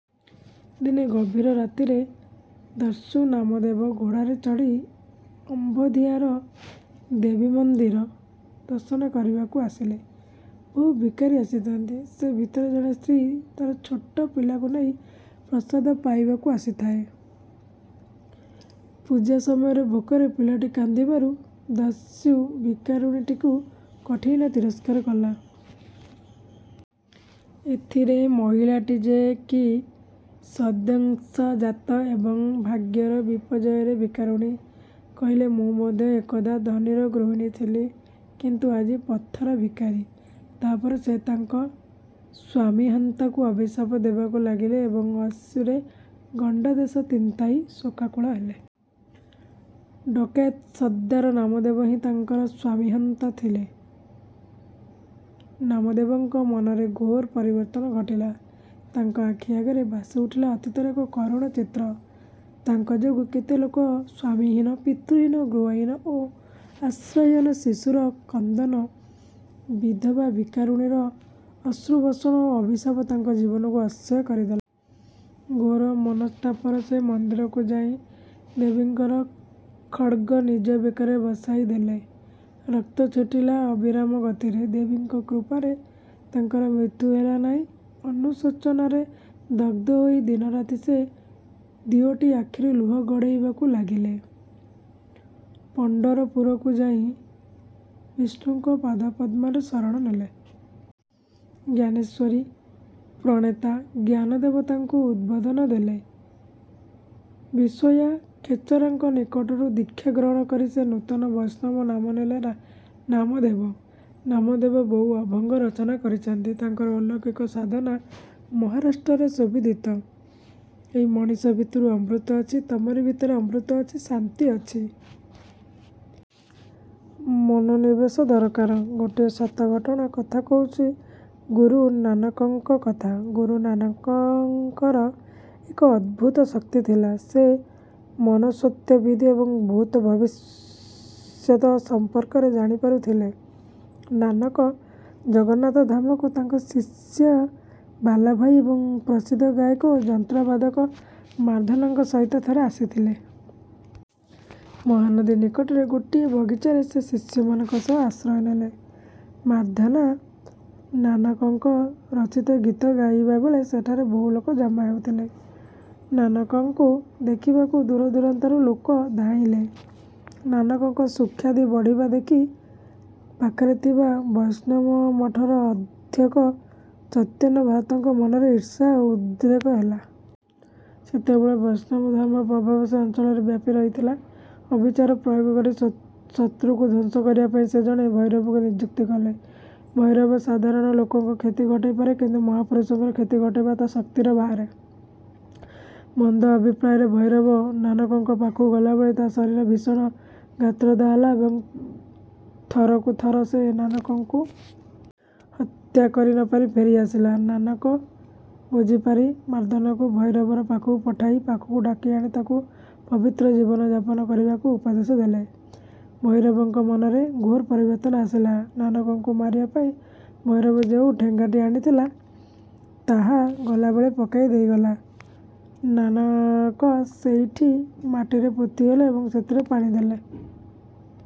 ଦିନେ ଗଭୀର ରାତିରେ ଦସ୍ୟୁ ନାମଦେବ ଘୋଡ଼ାରେ ଚଢ଼ି ଅମ୍ବୋଧିଆର ଦେବୀମନ୍ଦିର ଦର୍ଶନ କରିବାକୁ ଆସିଲେ। ବହୁ ଭିକାରୀ ଆସିଥାନ୍ତି। ସେ ଭିତରେ ଜଣେ ସ୍ତ୍ରୀ ତାର ଛୋଟ ପିଲାକୁ ନେଇ ପ୍ରସାଦ ପାଇବାକୁ ଆସିଥାଏ। ପୂଜା ସମୟରେ ଭୋକରେ ପିଲାଟି କାନ୍ଦିବାରୁ ଦସ୍ୟୁ ଭିକାରୁଣୀଟିକୁ କଠିନ ତିରସ୍କାର କଲା। ଏଥିରେ ମହିଳାଟି, ଯେ କି ସଦ୍ବଂଶଜାତ ଏବଂ ଭାଗ୍ୟର ବିପର୍ଯ୍ୟୟରେ ଭିକାରୁଣୀ, କହିଲେ, ''ମୁଁ ମଧ୍ୟ ଏକଦା ଧନୀର ଗୃହିଣୀ ଥିଲି କିନ୍ତୁ ଆଜି ପଥର ଭିକାରୀ। '' ତା'ପରେ ସେ ତାଙ୍କ ସ୍ୱାମିହନ୍ତାଙ୍କୁ ଅଭିଶାପ ଦେବାକୁ ଲାଗିଲେ ଏବଂ ଅଶ୍ରୁରେ ଗଣ୍ଡଦେଶ ତିନ୍ତାଇ ଶୋକାକୁଳ ହେଲେ। ଡକାଏତ ସର୍ଦ୍ଦାର ନାମଦେବ ହିଁ ତାଙ୍କର ସ୍ୱାମିହନ୍ତା ଥିଲେ। ନାମଦେବଙ୍କ ମନରେ ଘୋର ପରିବର୍ତ୍ତନ ଘଟିଲା। ତାଙ୍କ ଆଖି ଆଗରେ ଭାସିଉଠିଲା ଅତୀତର ଏକ କରୁଣ ଚିତ୍ର। ତାଙ୍କ ଯୋଗୁ କେତେ ଲୋକ ସ୍ୱାମିହୀନ, ପିତୃହୀନ, ଗୃହହୀନ ଓ ଆଶ୍ରୟହୀନ! ଶିଶୁର କ୍ରନ୍ଦନ, ବିଧବା ଭିକାରୁଣୀର ଅଶ୍ରୁବର୍ଷଣ ଓ ଅଭିଶାପ ତାଙ୍କ ଜୀବନକୁ ଅସହ୍ୟ କରିଦେଲା। ଘୋର ମନସ୍ତାପରେ ସେ ମନ୍ଦିରକୁ ଯାଇ ଦେବୀଙ୍କର ଖଡ୍ଗ ନିଜ ବେକରେ ବସାଇଦେଲେ। ରକ୍ତ ଛୁଟିଲା ଅବିରାମ ଗତିରେ। ଦେବୀଙ୍କ କୃପାରେ ତାଙ୍କର ମୃତ୍ୟୁ ହେଲା ନାହିଁ। ଅନୁଶୋଚନାରେ ଦଗ୍ଧ ହୋଇ ଦିନରାତି ସେ ଦିଓଟି ଆଖିରୁ ଲୁହ ଗଡ଼ାଇବାକୁ ଲାଗିଲେ। ପଣ୍ଢରପୁରକୁ ଯାଇ ବିଷ୍ଣୁଙ୍କ ପାଦପଦ୍ମରେ ଶରଣ ନେଲେ। ଜ୍ଞାନେଶ୍ୱରୀ-ପ୍ରଣେତା ଜ୍ଞାନଦେବ ତାଙ୍କୁ ଉଦବୋଧନ ଦେଲେ। ବିଶୋୟା ଖେଚରାଙ୍କ ନିକଟରୁ ଦୀକ୍ଷା ଗ୍ରହଣ କରି ସେ ନୂତନ ବୈଷ୍ଣବ ନାମ ନେଲେ ନାମଦେବ। ନାମଦେବ ବହୁ ଅଭଙ୍ଗ ରଚନା କରିଛନ୍ତି। ତାଙ୍କର ଅଲୌକିକ ସାଧନା ମହାରାଷ୍ଟ୍ରରେ ସୁବିଦିତ। ଏଇ ମଣିଷ ଭିତରେ ଅମୃତ ଅଛି ତମରି ଭିତରେ ଅମୃତ ଅଛି, ଶାନ୍ତି ଅଛି। ମନୋନିବେଶ ଦରକାର। ଗୋଟିଏ ସତ ଘଟଣା କଥା କହୁଛି ଗୁରୁ ନାନକଙ୍କ କଥା। ଗୁରୁ ନାନକଙ୍କର ଏକ ଅଦ୍ଭୁତ ଶକ୍ତି ଥିଲା। ସେ ମନସ୍ତତ୍ତ୍ୱବିଦ୍ ଏବଂ ଭୂତ-ଭବିଷ୍ୟତ ସମ୍ପର୍କରେ ଜାଣି ପାରୁଥିଲେ। ନାନକ ଜଗନ୍ନାଥ ଧାମକୁ ତାଙ୍କ ଶିଷ୍ୟ ବାଲାଭାଇ ଏବଂ ପ୍ରସିଦ୍ଧ ଗାୟକ ଓ ଯନ୍ତ୍ରବାଦକ ମର୍ଦ୍ଦାନାଙ୍କ ସହିତ ଥରେ ଆସିଥିଲେ। ମହାନଦୀ ନିକଟରେ ଗୋଟିଏ ବଗିଚାରେ ସେ ଶିଷ୍ୟମାନଙ୍କ ସହ ଆଶ୍ରୟ ନେଲେ। ମର୍ଦ୍ଦାନା ନାନକଙ୍କ ରଚିତ ଗୀତ ଗାଇଲାବେଳେ ସେଠାରେ ବହୁଲୋକ ଜମା ହେଉଥିଲେ। ନାନକଙ୍କୁ ଦେଖିବାକୁ ଦୂରଦୂରାନ୍ତରୁ ଲୋକ ଧାଇଁଲେ। ନାନକଙ୍କ ସୁଖ୍ୟାତି ବଢ଼ିବାର ଦେଖି ପାଖରେ ଥିବା ବୈଷ୍ଣବମଠର ଅଧ୍ୟକ୍ଷ ଚୈତନ୍ୟଭାରତୀଙ୍କ ମନରେ ଈର୍ଷା-ଉଦ୍ରେକ ହେଲା। ସେତେବେଳେ ବୈଷ୍ଣବ ଧର୍ମର ପ୍ରଭାବ ସେ ଅଞ୍ଚଳରେ ବ୍ୟାପି ରହିଥିଲା-। ଅଭିଚାର ପ୍ରୟୋଗ କରି ଶତ୍ରୁକୁ ଧ୍ୱଂସ କରିବାପାଇଁ ସେ ଜଣେ ଭୈରବକୁ ନିଯୁକ୍ତ କଲେ। ଭୈରବ ସାଧାରଣ ଲୋକର କ୍ଷତି ଘଟାଇପାରେ କିନ୍ତୁ ମହାପୁରୁଷଙ୍କର କ୍ଷତି ଘଟାଇବା ତା' ଶକ୍ତିର ବାହାରେ। ମନ୍ଦ ଅଭିପ୍ରାୟରେ ଭୈରବ ନାନକଙ୍କ ପାଖକୁ ଗଲାବେଳେ ତା' ଶରୀରରେ ଭୀଷଣ ଗାତ୍ରଦାହ ହେଲା ଏବଂ ଥରକୁ ଥର ସେ ନାନକଙ୍କୁ। ହତ୍ୟା କରି ନପାରି ଫେରି ଆସିଲା। ନାନକ ବୁଝିପାରି ମର୍ଦ୍ଦାନାଙ୍କୁ ଭୈରବଙ୍କ ପାଖକୁ ପଠାଇ ପାଖକୁ ଡକାଇ ଆଣି ତାଙ୍କୁ ପବିତ୍ର ଜୀବନ ଯାପନ କରିବାକୁ ଉପଦେଶ ଦେଲେ। ଭୈରବଙ୍କ ମନରେ ଘୋର ପରିବର୍ତ୍ତନ ଆସିଲା। ନାନକଙ୍କୁ ମାରିବା ପାଇଁ ଭୈରବ ଯେଉଁ ଠେଙ୍ଗାଟି ଆଣିଥିଲା, ତାହା ଗଲାବେଳେ ପକାଇ ଦେଇଗଲା। ନାନକ ସେଇଟି ମାଟିରେ ପୋତି ଦେଲେ ଏବଂ ସେଥିରେ ପାଣି ଦେଲେ।